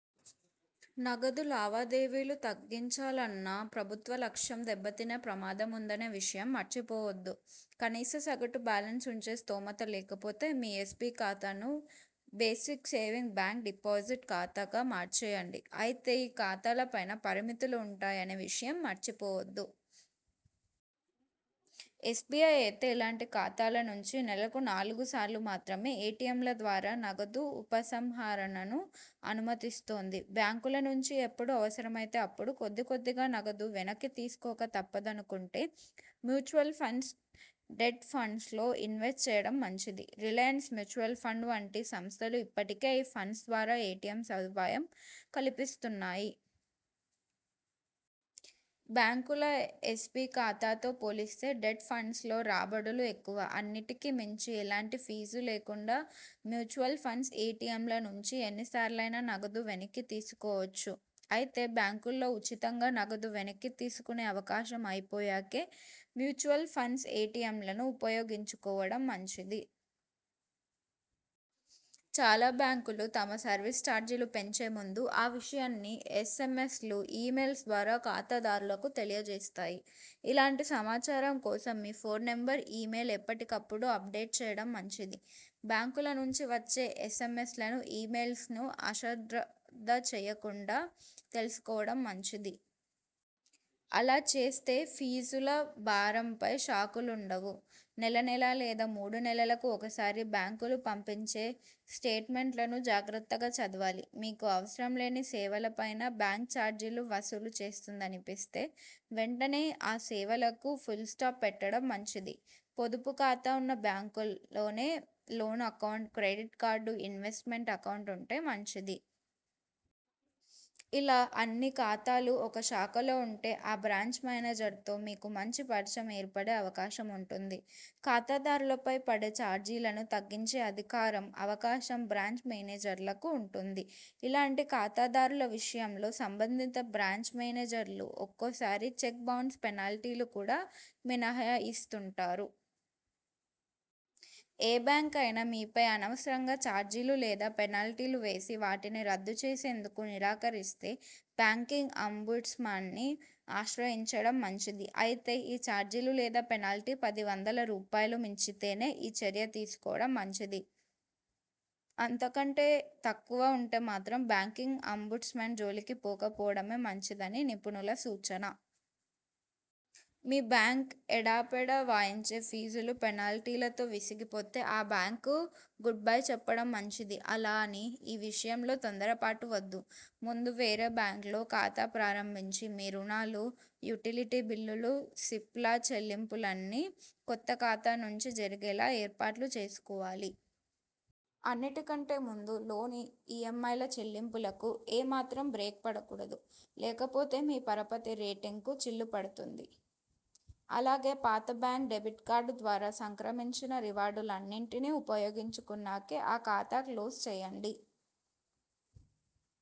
నగదు లావాదేవీలు తగ్గించాలన్న ప్రభుత్వ లక్ష్యం దెబ్బతినే ప్రమాదం ఉందనే విషయం మర్చిపోవద్దు. కనీస సగటు బాలెన్స్ ఉంచే స్థోమత లేకపోతే మీ ఎస్బి ఖాతాను బేసిక్ సేవింగ్ బ్యాంక్ డిపాజిట్ ఖాతాగా మార్చేయండి. అయితే ఈ ఖాతాల పైనా పరిమితులు ఉంటాయనే విషయం మర్చిపోవద్దు. ఎస్బిఐ అయితే ఇలాంటి ఖాతాల నుంచి నెలకు నాలుగు సార్లు మాత్రమే ఎటిఎంల ద్వారా నగదు ఉపసంహరణను అనుమతిస్తోంది. బ్యాంకుల నుంచి ఎప్పుడు అవసరమైతే అప్పుడు కొద్ది కొద్దిగా నగదు వెనక్కి తీసుకోక తప్పదనుకుంటే మ్యూచువల్ ఫండ్స్ డెట్ ఫండ్స్లో ఇన్వెస్ట్ చేయడం మంచిది. రిలయన్స్ మ్యూచువల్ ఫండ్ వంటి సంస్థలు ఇప్పటికే ఈ ఫండ్స్ ద్వారా ఎటిఎం సదుపాయం కల్పిస్తున్నాయి. బ్యాంకుల ఎస్బి ఖాతాతో పోలిస్తే డెట్ ఫండ్స్లో రాబడులు ఎక్కువ. అన్నిటికి మించి ఎలాంటి ఫీజు లేకుండా మ్యూచువల్ ఫండ్స్ ఎటిఎంల నుంచి ఎన్నిసార్లయినా నగదు వెనక్కి తీసుకోవచ్చు. అయితే బ్యాంకుల్లో ఉచితంగా నగదు వెనక్కి తీసుకునే అవకాశం అయిపోయాకే మ్యూచువల్ ఫండ్స్ ఎటిఎంలను ఉపయోగించుకోవడం మంచిది. చాలా బ్యాంకులు తమ సర్వీస్ చార్జీలు పెంచే ముందు ఆ విషయాన్ని ఎస్ఎంఎ్సలు, ఇ మొయిల్స్ ద్వారా ఖాతాదారులకు తెలియ జేస్తాయి. ఇలాంటి సమాచారం కోసం మీ ఫోన్ నంబర్, ఇ మెయిల్ ఎప్పటికపుడు అప్డేట్ చేయడం మంచిది. బ్యాంకు ల నుంచి వచ్చే ఎస్ఎంఎ్సలను, ఇ మెయిల్స్ను ఆశ్రద్ధ చేయకుండా తెలుసుకోవడం మంచిది. అలా చేస్తే ఫీజుల భారంపై షాకులుండవు. నెలనెలా లేదా మూడు నెలలకు ఒకసారి బ్యాంకులు పంపించే స్టేట్మెంట్లను జాగ్రత్తగా చదవాలి. మీకు అవసరం లేని సేవలపైనా బ్యాంక్ చార్జీలు వసూలు చేస్తోందనిపిస్తే, వెంటనే ఆ సేవలకు ఫుల్స్టాప్ పెట్టడం మంచిది. పొదుపు ఖాతా ఉన్న బ్యాంక్లోనే loan account, credit card, investment account ఉంటే మంచిది. ఇలా అన్ని ఖాతాలు ఒక శాఖలో ఉంటే ఆ బ్రాంచ్ మేనేజర్తో మీకు మంచి పరిచయం ఏర్పడే అవకాశం ఉంటుంది. ఖాతా దారులపై పడే చార్జీలను తగ్గించే అధికారం, అవకాశం బ్రాంచ్ మేనేజర్లకు ఉంటుంది. ఇలాంటి ఖాతాదారుల విషయంలో సంబంధిత బ్రాంచ్ మేనేజర్లు ఒక్కోసారి చెక్ బౌన్స్ పెనాల్టీలు కూడా మినహాయిస్తుంటారు. ఏ బ్యాంక్ అయినా మీపై అనవసరంగా చార్జీలు లేదా పెనాల్టీలు వేసి, వాటిని రద్దు చేసేందుకు నిరాకరిస్తే బ్యాంకింగ్ అంబుడ్స్మన్ని ఆశ్రయించడం మంచిది. అయితే ఈ చార్జీలు లేదా పెనాల్టీ పది వందల రూపాయలు మించితేనే ఈ చర్య తీసుకోవడం మంచిది. అంత కంటే తక్కువ ఉంటే మాత్రం బ్యాంకింగ్ అంబుడ్స్మన్ జోలికి పోక పోవడమే మంచిదని నిపుణుల సూచన. మీ బ్యాంక్ ఎడాపెడా వాయించే ఫీజులు, పెనాల్టీలతో విసిగిపోతే ఆ బ్యాంక్కు గుడ్బై చెప్పడం మంచిది. అలా అని ఈ విషయంలో తొందర పాటు వద్దు. ముందు వేరే బ్యాంక్లో ఖాతా ప్రారంభించి మీ రుణాలు, యుటిలిటీ బిల్లులు, సిప్ల చెల్లింపులన్నీ కొత్త ఖాతా నుంచి జరిగేలా ఏర్పాట్లు చేసుకోవాలి. అన్నిటికంటే ముందు లోన్ ఈంఐల చెల్లింపులకు ఏ మాత్రం బ్రేక్ పడకూడదు. లేకపోతే మీ పరపతి రేటింగ్కూ చిల్లు పడుతుంది. అలాగే పాత బ్యాంక్ డెబిట్ కార్డు ద్వారా సంక్రమించిన రివార్డులన్నింటిని ఉపయోగించుకున్నాకే ఆ ఖాతా క్లోజ్ చేయండి.